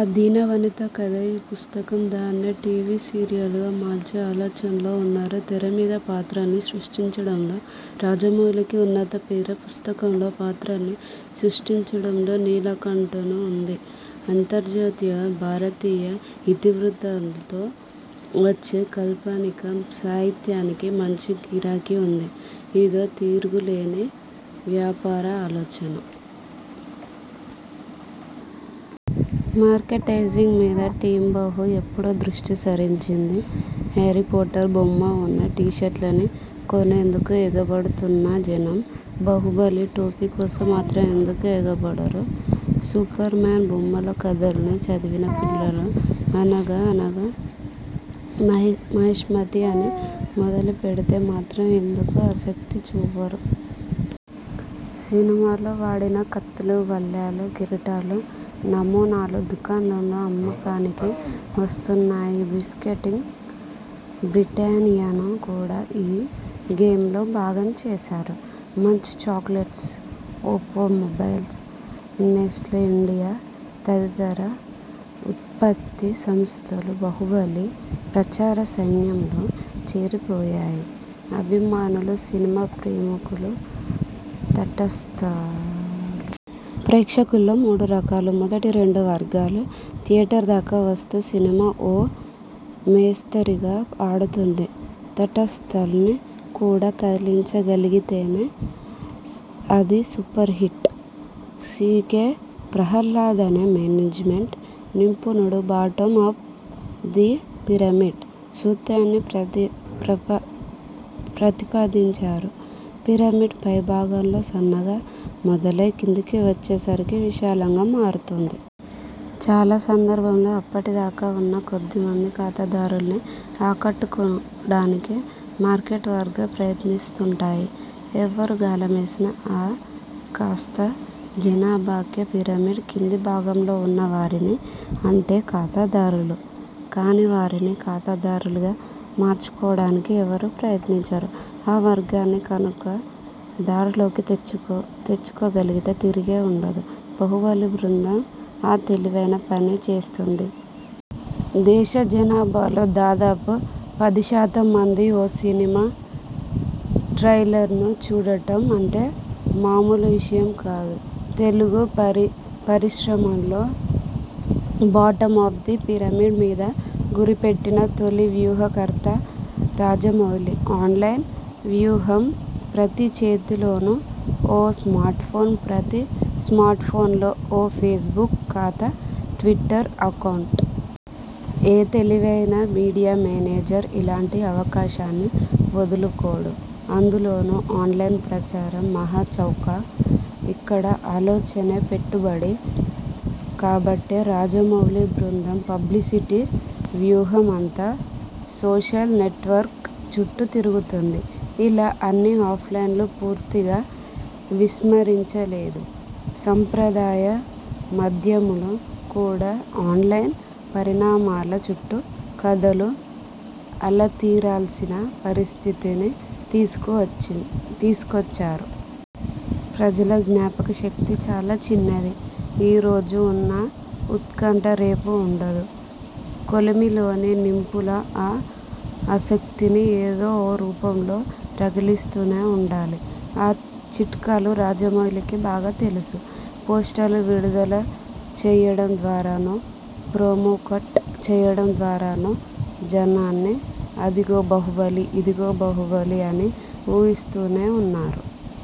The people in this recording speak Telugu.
ఆ ధీనవనిత కథే ఈ పుస్తకం. దాన్నే టీవీ సీరియల్గా మలిచే ఆలోచనలో ఉన్నారు. తెరమీద పాత్రల్ని సృష్టించడంలో రాజమౌళికి ఉన్నంత పేరే, పుస్తకంలో పాత్రల్ని సృష్టించడంలో నీలకంఠన్కు ఉంది. అంతర్జాతీయంగా భారతీయ ఇతివృత్తాలతో వచ్చే కాల్పనిక సాహిత్యానికి మంచి గిరాకీ ఉంది. ఇదో తిరుగులేని వ్యాపార ఆలోచన. 'మర్కెంటైజింగ్' మీదా 'టీమ్ బాహు' ఎప్పుడో దృష్టి సారించింది. హ్యారీపోటర్ బొమ్మ ఉన్న టీషర్ట్ను కొనేందుకు ఎగబడుతున్న జనం బాహుబలి టోపీ కోసం మాత్రం ఎందుకు ఎగబడరు? సూపర్మాన్ బొమ్మల కథల్ని చదివిన పిల్లలు, 'అనగఅనగా మాహిష్మతి ' అని మొదలుపెడితే మాత్రం ఎందుకు ఆసక్తిచూపరు? సినిమాలో వాడిన కత్తులూ, బల్లాలూ, కిరీటాల నమూనాలు దుకాణాల్లో అమ్మకానికి వస్తున్నాయి. 'బిస్కెట్కింగ్' బ్రిటానియాను కూడా ఈ గేమ్లో భాగం చేశారు. Munch chocolates, Oppo mobiles, Nestle India తదితర ఉత్పత్తి సంస్థలూ బాహుబలి ప్రచార సైన్యంలో చేరిపోయాయి. అభిమానులు. సినిమా ప్రేమికులు. తటస్థులు. ప్రేక్షకుల్లో మూడురకాలు. మొదటి రెండు వర్గాలూ థియేటర్ల దాకా వస్తే సినిమా ఓ మోస్తరుగా ఆడుతుంది. తటస్థుల్ని కూడా కదిలించగలిగితేనే, అది 'సూపర్హిట్'! సీకే ప్రహ్లాద్ అనే మేనేజ్మెంట్ నిపుణుడు 'బాటమ్ ఆఫ్ ద పిరమిడ్' సూత్రాన్ని ప్రతిపాదించారు. పిరమిడ్ పైభాగంలో సన్నగా మొదలై కిందికి వచ్చేసరికి విశాలంగా మారుతుంది. చాలా సందర్భాల్లో, అప్పటిదాకా ఉన్న కొద్దిమంది ఖాతాదారుల్ని ఆకట్టుకోడానికే మార్కెట్ వర్గాలు ప్రయత్నిస్తుంటాయి. ఎవరు గాలమేసినా ఆ కాస్త జనాభాకే. పిరమిడ్ కిందిభాగంలో ఉన్నవారిని అంటే, ఖాతాదారులు కానివారిని ఖాతాదారులుగా మార్చుకోడానికి ఎవరూ ప్రయత్నించరు. ఆ వర్గాన్ని కనుక దార్లోకి తెచ్చుకోగలిగితే తిరుగే ఉండదు. 'బాహుబలి' బృందం ఆ తెలివైన పనే చేస్తోంది. దేశజనాభాలో దాదాపు పదిశాతం మంది ఓ సినిమా ట్రైలర్ను చూడటం అంటే మామూలు విషయం కాదు. తెలుగు పరిశ్రమలో 'బాటమ్ ఆఫ్ ద పిరమిడ్' మీద గురిపెట్టిన తొలి వ్యూహకర్త రాజమౌళే. ఆన్లైన్ వ్యూహం ప్రతి చేతిలోనూ ఓ స్మార్ట్ఫోన్. ప్రతి స్మార్ట్ఫోన్లో ఓ ఫేస్బుక్ ఖాతా, ట్విటర్ అకౌంట్. ఏ తెలివైన మీడియా మేనేజర్ ఇలాంటి అవకాశాన్ని వదులుకోడు. అందులోనూ ఆన్లైన్ ప్రచారం మహాచౌక! ఇక్కడ ఆలోచనే పెట్టుబడి. కాబట్టే, రాజమౌళి బృందం పబ్లిసిటీ వ్యూహమంతా సోషల్ నెట్వర్క్ చుట్టు తిరిగుతుంది. ఇలా అని, ఆఫ్లైన్ను పూర్తిగా విస్మరించలేదు. సంప్రదాయ మాధ్యమాలు కూడా ఆన్లైన్ పరిణామాల చుట్టూ కథలు అల్లితీరాల్సిన పరిస్థితిని తీసుకొచ్చారు. ప్రజల జ్ఞాపకశక్తి చాలా చిన్నది. ఈరోజు ఉన్న ఉత్కంఠ రేపు ఉండదు. కొలిమిలోని నిప్పులా ఆ ఆసక్తిని ఏదో ఓ రూపంలో రగిలిస్తూనే ఉండాలి. ఆ చిట్కాలు రాజమౌళికి బాగా తెలుసు. పోస్టరు విడుదల చేయడం ద్వారానో, ప్రోమో కట్ చేయడం ద్వారానో జనాన్ని 'అదిగో బాహుబలి ఇదిగో బాహుబలి' అని ఊరిస్తూనే ఉన్నారు.